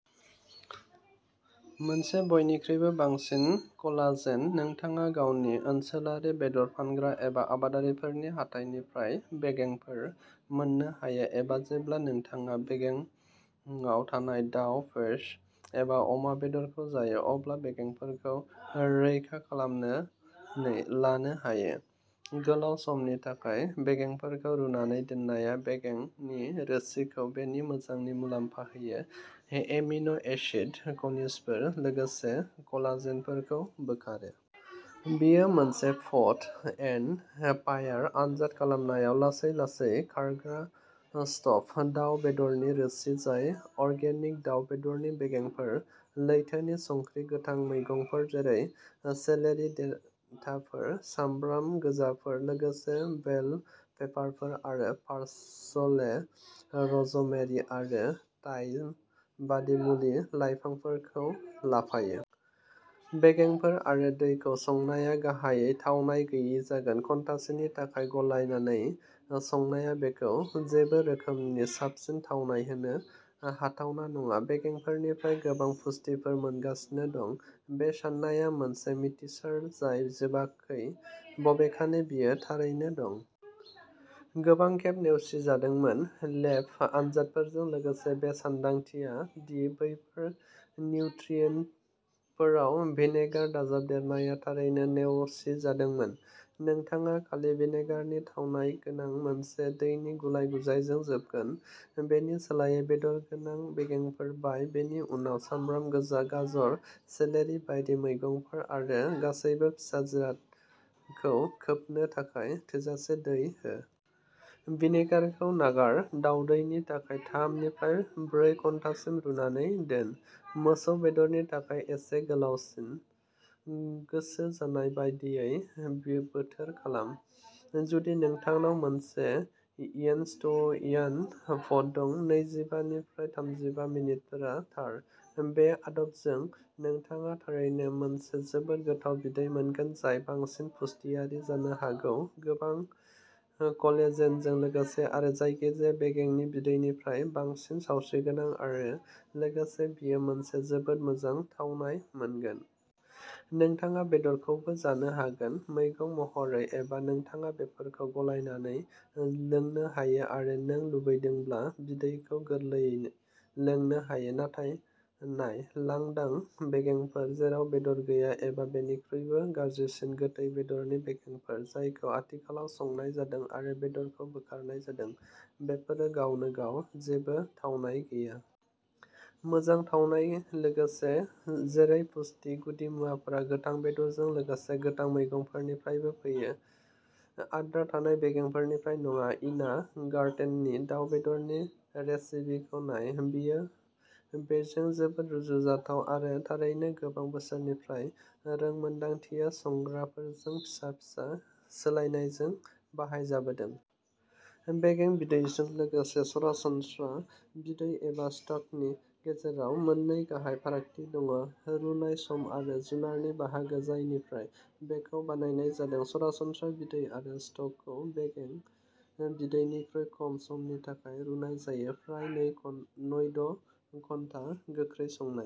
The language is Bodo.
मोनसे बयनिख्रुइबो बांसिन कलाजेन। नोंथाङा गावनि ओनसोलारि बेदर फानग्रा एबा आबादारिफोरनि हाथाइनिफ्राय बेगेंफोर मोननो हायो, एबा जेब्ला नोंथाङा बेगेंआव थानाय दाव, फेस, एबा अमा बेदरखौ जायो, अब्ला बेगेंफोरखौ रैखा खालामनानै लानो हायो। गोलाव समनि थाखाय बेगेंफोरखौ रुनानै दोननाया बेगेंनि रोसिखौ बेनि मोजांनि मुलाम्फा होयो, एमिन' एसिड, खनिजफोर, लोगोसे कलाजेनखौ बोखारो। बेयो मोनसे पट एन्ड फायार आनजाद खालामनाय लासै-लासै खारग्रा स्ट'भ दाव बेदरनि रोसि जाय अर्गेनिक दाव बेदरनि बेगेंफोर, लैथोनि संख्रि, गोथां मैगंफोर जेरै सेलेरि देन्थाफोर, सामब्राम गोजाफोर, लोगोसे बेल पेपारफोर, आरो पार्सले, र'जमेरि आरो थाइम बायदि मुलि-लाइफांफोरखौ लाफायो। बेगेंफोर आरो दैखौ संनाया गाहायै थावनाय गैयै जागोन। घन्टासेनि थाखाय गलायनानै संनाया बेखौ जेबो रोखोमनि साबसिन थावनाय होनो हाथावना नङा। बेगेंफोरनिफ्राय गोबां पुष्टिफोर मोनगासिनो दं बे साननाया मोनसे मिथिसार जाय जोबाखै, बबेखानि बेयो थारैनो दं। गोबां खेब नेवसिजादोंमोन, लेब आनजादफोरजों लोगोसे। बे सानदांथिया दि बैफोर निउट्रियेन्टफोराव भिनेगार दाजाबदेरनाया थारैनो नेवसिजादोंमोन। नोंथाङा खालि भिनेगारनि थावनाय गोनां मोनसे दैनि गुलाय-गुजायजों जोबगोन। बेनि सोलायै, बेदर गोनां बेगेंफोर बाय। बेनि उनाव सामब्राम गोजा, गाजर, सेलेरि बायदि मैगंफोर आरो गासैबो फिसा जिरादखौ खोबनो थाखाय थोजासे दै हो। भिनेगारखौ नागार दावदैनि थाखाय थाम निफ्राय ब्रै घन्टासिम रुनानै दोन, मोसौ बेदरनि थाखाय एसे गोलावसिन। गोसो जानाय बायदियै बोथोर खालाम। जुदि नोंथांनाव मोनसे इनस्ट्यान्ट पट दं, नैजिबा निफ्राय थामजिबा मिनिटफोरा थार। बे आदबजों नोंथाङा थारैनो मोनसे जोबोद गोथाव बिदै मोनगोन जाय बांसिन पुष्टियारि जानो हागौ गोबां कलेजेनजों लोगोसे आरो जायखिजाया बेगेंनि बिदैनिफ्राय बांसिन सावस्रिगोनां, आरो लोगोसे बेयो मोनसे जोबोद मोजां थावनाय मोनगोन। नोंथाङा बेदरखौबो जानो हागोन। मैगं महरै एबा नोंथाङा बेफोरखौ गलायनानै लोंनो हायो आरो नों लुबैदोंब्ला बिदैखौ गोरलैयै लोंनो हायो। नाथाय नाय, लांदां बेगेंफोर जेराव बेदर गैया, एबा, बेनिख्रुइबो गाज्रिसिन, गोथै बेदरनि बेगेंफोर जायखौ आथिखालाव संनाय जादों आरो बेदरखौ बोखारनाय जादों, बेफोरो गावनो गाव जेबो थावनाय गैया। मोजां थावनाय लोगोसे जेरै पुष्टि गुदिमुवाफोरा गोथां बेदरजों लोगोसे गोथां मैगंफोरनिफ्रायबो फैयो, आद्रा थानाय बेगेंफोरनिफ्राय नङा। इना गार्टेननि दाव बेदरनि रेसिपिखौ नाय। बेयो बेजों जोबोद रुजुजाथाव आरो थारैनो गोबां बोसोरफोरनिफ्राय रोंमोनदांथिआ संग्राफोरजों फिसा-फिसा सोलायनायजों बाहायजाबोदों। बेगें बिदैजों लोगोसे सरासनस्रा बिदै एबा स्टकनि गेजेराव मोननै गाहाय फारागथि दङ रुनाय सम आरो जुनारनि बाहागो जायनिफ्राय बेखौ बानायनाय जादों। सरासनस्रा बिदै आरो स्टकखौ बेगें बिदैनिख्रुइ खम समनि थाखाय रुनाय जायो, फ्राय नै द' घन्टा। गोख्रै संनाय।